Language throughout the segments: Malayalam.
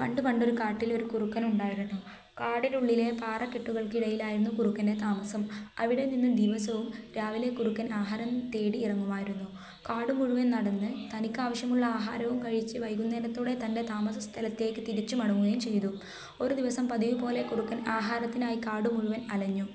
പണ്ട് പണ്ടൊരു കാട്ടിൽ ഒരു കുറുക്കൻ ഉണ്ടായിരുന്നു. കാട്ടിനുള്ളിലെ പാറക്കെട്ടുകൾക്ക് ഇടയിലായിരുന്നു കുറുക്കന്റെ താമസം. അവിടെനിന്ന് ദിവസവും രാവിലെ കുറുക്കൻ ആഹാരം തേടി ഇറങ്ങുമായിരുന്നു. കാടു മുഴുവൻ നടന്ന് തനിക്ക് ആവശ്യമുള്ള ആഹാരവും കഴിച്ച് വൈകുന്നേരത്തോടെ തന്റെ താമസസ്ഥലത്തേക്ക് തിരിച്ചു മടങ്ങുകയും ചെയ്തു. ഒരു ദിവസം പതിവുപോലെ കുറുക്കൻ ആഹാരത്തിനായി കാടു മുഴുവൻ അലഞ്ഞു.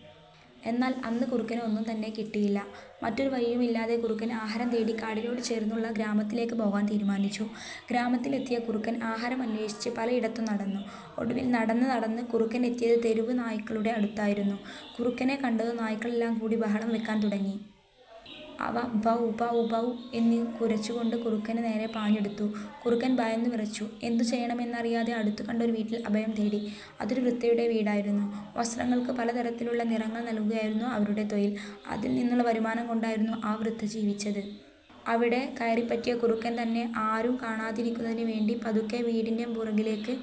എന്നാൽ അന്ന് കുറുക്കന് ഒന്നും തന്നെ കിട്ടിയില്ല. മറ്റൊരു വഴിയുമില്ലാതെ കുറുക്കൻ ആഹാരം തേടി കാടിനോട് ചേർന്നുള്ള ഗ്രാമത്തിലേക്ക് പോകാൻ തീരുമാനിച്ചു. ഗ്രാമത്തിലെത്തിയ കുറക്കൻ ആഹാരം അന്വേഷിച്ച് പലയിടത്തും നടന്നു. ഒടുവിൽ നടന്നു നടന്ന് കുറുക്കൻ എത്തിയത് തെരുവു നായ്ക്കളുടെ അടുത്തായിരുന്നു. കുറുക്കനെ കണ്ടതും നായ്ക്കളെല്ലാം കൂടി ബഹളം വയ്ക്കാൻ തുടങ്ങി. അവ ബൗ ബൗ ബൗ എന്നു കുരച്ചു കൊണ്ട് കുറുക്കനു നേരെ പാഞ്ഞടുത്തു. കുറുക്കൻ ഭയന്നുവിറച്ചു. എന്തു ചെയ്യണമെന്നറിയാതെ അടുത്തു കണ്ട ഒരു വീട്ടിൽ അഭയം തേടി. അതൊരു വൃദ്ധയുടെ വീടായിരുന്നു. വസ്ത്രങ്ങൾക്ക് പലതരത്തിലുള്ള നിറങ്ങൾ നൽകുകയായിരുന്നു അവരുടെ തൊഴിൽ. അതിൽ നിന്നുള്ള വരുമാനം കൊണ്ടായിരുന്നു ആ വൃദ്ധ ജീവിച്ചത്. അവിടെ കയറിപ്പറ്റിയ കുറുക്കൻ തന്നെ ആരും കാണാതിരിക്കുന്നതിന് വേണ്ടി പതുക്കെ വീടിന്റെ പുറകിലേക്ക്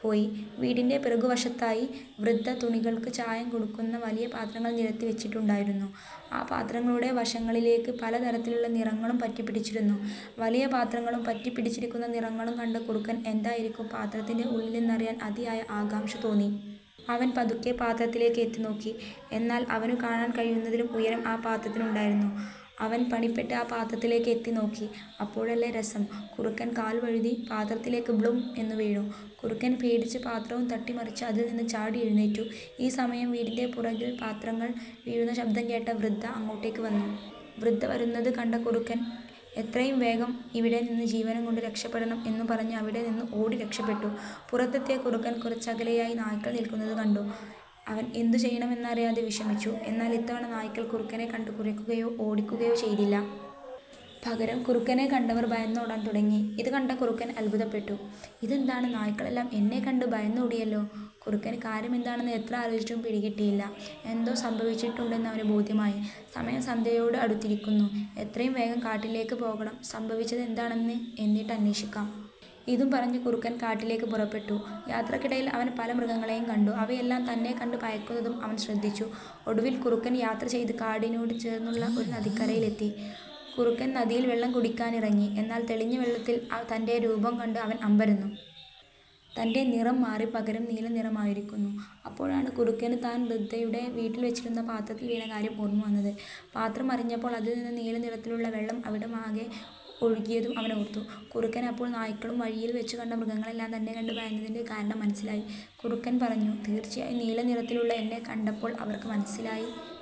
പോയി. വീടിന്റെ പുറകുവശത്തായി വൃദ്ധ തുണികൾക്കു ചായം കൊടുക്കുന്ന വലിയ പാത്രങ്ങൾ നിരത്തി വച്ചിട്ടുണ്ടായിരുന്നു. ആ പാത്രങ്ങളുടെ വശങ്ങളിലൊക്കെ പല തരത്തിലുള്ള നിറങ്ങളും പറ്റിപിടിച്ചിരുന്നു. വലിയപാത്രങ്ങളും പറ്റിപിടിച്ചിരിക്കുന്ന നിറങ്ങളും കണ്ട കുറുക്കന് എന്തായിരിക്കും പാത്രത്തിന്റെ ഉള്ളിലെന്നറിയുവാൻ അതിയായ ആകാംഷ തോന്നി. അവൻ പതുക്കെ പാത്രത്തിലേക്ക് എത്തിനോക്കി. എന്നാൽ അവനു കാണാൻ കഴിയുന്നതിലും ഉയരം ആ പത്രത്തിന് ഉണ്ടായിരുന്നു. അവൻ പണിപ്പെട്ടു ആ പാത്രത്തിലേക്ക് എത്തിനോക്കി. അപ്പോഴല്ലേ രസം കുറുക്കൻ കാൽവഴുതി പാത്രത്തിലേക്ക് ബ്ലും എന്നു വീണു. കുറുക്കൻ പേടിച്ചു പാത്രവും തട്ടിമറിച്ചു അതിൽ നിന്നും ചാടിയെഴുന്നേറ്റു. ഈ സമയം വീടിന്റെ പുറകിൽ പാത്രങ്ങൾ വീഴുന്ന ശബ്ദം കേട്ട വൃദ്ധ അങ്ങോട്ടേക്ക് വന്നു. വൃദ്ധ വരുന്നത് കണ്ട കുറുക്കൻ "എത്രയും വേഗം ഇവിടെ നിന്ന് ജീവനും കൊണ്ട് രക്ഷപ്പെടണം. " എന്നും പറഞ്ഞ് അവിടെ നിന്നും ഓടി രക്ഷപ്പെട്ടു. പുറത്തെത്തിയ കുറുക്കൻ കുറച്ചകലെയായി നായ്ക്കൾ നിൽകുന്നത് കണ്ടു. അവൻ എന്തു ചെയ്യണം എന്നറിയാതെ വിഷമിച്ചു. എന്നാൽ ഇത്തവണ നായ്ക്കൾ കുറുക്കനെ കണ്ടു കുരയ്ക്കുകയോ ഓടിക്കുകയോ ചെയ്തില്ല. പകരം കുറുക്കനെ കണ്ടവർ ഭയന്ന് ഓടാൻ തുടങ്ങി. ഇതുകണ്ട കുറുക്കൻ അത്ഭുതപ്പെട്ടു. "ഇതെന്താണ് നായ്ക്കളെല്ലാം എന്നെ കണ്ട് ഭയന്നോടിയല്ലോ? " കുറുക്കന് കാര്യമെന്താണെന്ന് എത്ര ആലോചിച്ചിട്ടും പിടികിട്ടിയില്ല. എന്തോ സംഭവിച്ചിട്ടുണ്ടെന്ന് അവന് ബോധ്യമായി. "സമയം സന്ധ്യയോട് അടുത്തിരിക്കുന്നു. എത്രയും വേഗം കാട്ടിലേക്ക് പോകണം. സംഭവിച്ചതെന്താണെന്ന് എന്നിട്ട് അന്വേഷിക്കാം. " ഇതും പറഞ്ഞ് കുറുക്കൻ കാട്ടിലേക്ക് പുറപ്പെട്ടു. യാത്രക്കിടയിൽ അവൻ പല മൃഗങ്ങളെയും കണ്ടു. അവയെല്ലാം തന്നെ കണ്ട് ഭയക്കുന്നതും അവൻ ശ്രദ്ധിച്ചു. ഒടുവിൽ കുറുക്കൻ യാത്ര ചെയ്തു കാടിനോട് ചേർന്നുള്ള ഒരു നദിക്കരയിൽ എത്തി. കുറുക്കൻ നദിയിൽ വെള്ളം കുടിക്കാനായിറങ്ങി. എന്നാൽ തെളിഞ്ഞ വെള്ളത്തിൽ തന്റെ രൂപം കണ്ടു അവൻ അമ്പരന്നു. തന്റെ നിറം മാറി പകരം നീല നിറമായിരിക്കുന്നു. അപ്പോഴാണ് കുറുക്കന് താൻ വൃദ്ധയുടെ വീട്ടിൽ വച്ചിരുന്ന പാത്രത്തിൽ വീണ കാര്യം ഓർമ വന്നത്. പാത്രം മറിഞ്ഞപ്പോൾ അതിൽ നിന്നും നീലനിറത്തിലുള്ള വെള്ളം അവിടമാകെ ഒഴുകിയതും അവൻ ഓർത്തു. കുറുക്കന് അപ്പോൾ നായ്ക്കളും വഴിയിൽ വച്ചു കണ്ട മൃഗങ്ങളുമെല്ലാം തന്നെ കണ്ട് ഭയന്നതിന്റെ കാരണം മനസ്സിലായി. കുറുക്കൻ പറഞ്ഞു "തീർച്ചയായും നീലനിറത്തിലുള്ള എന്നെ കണ്ടപ്പോൾ അവർക്ക് മനസ്സിലായി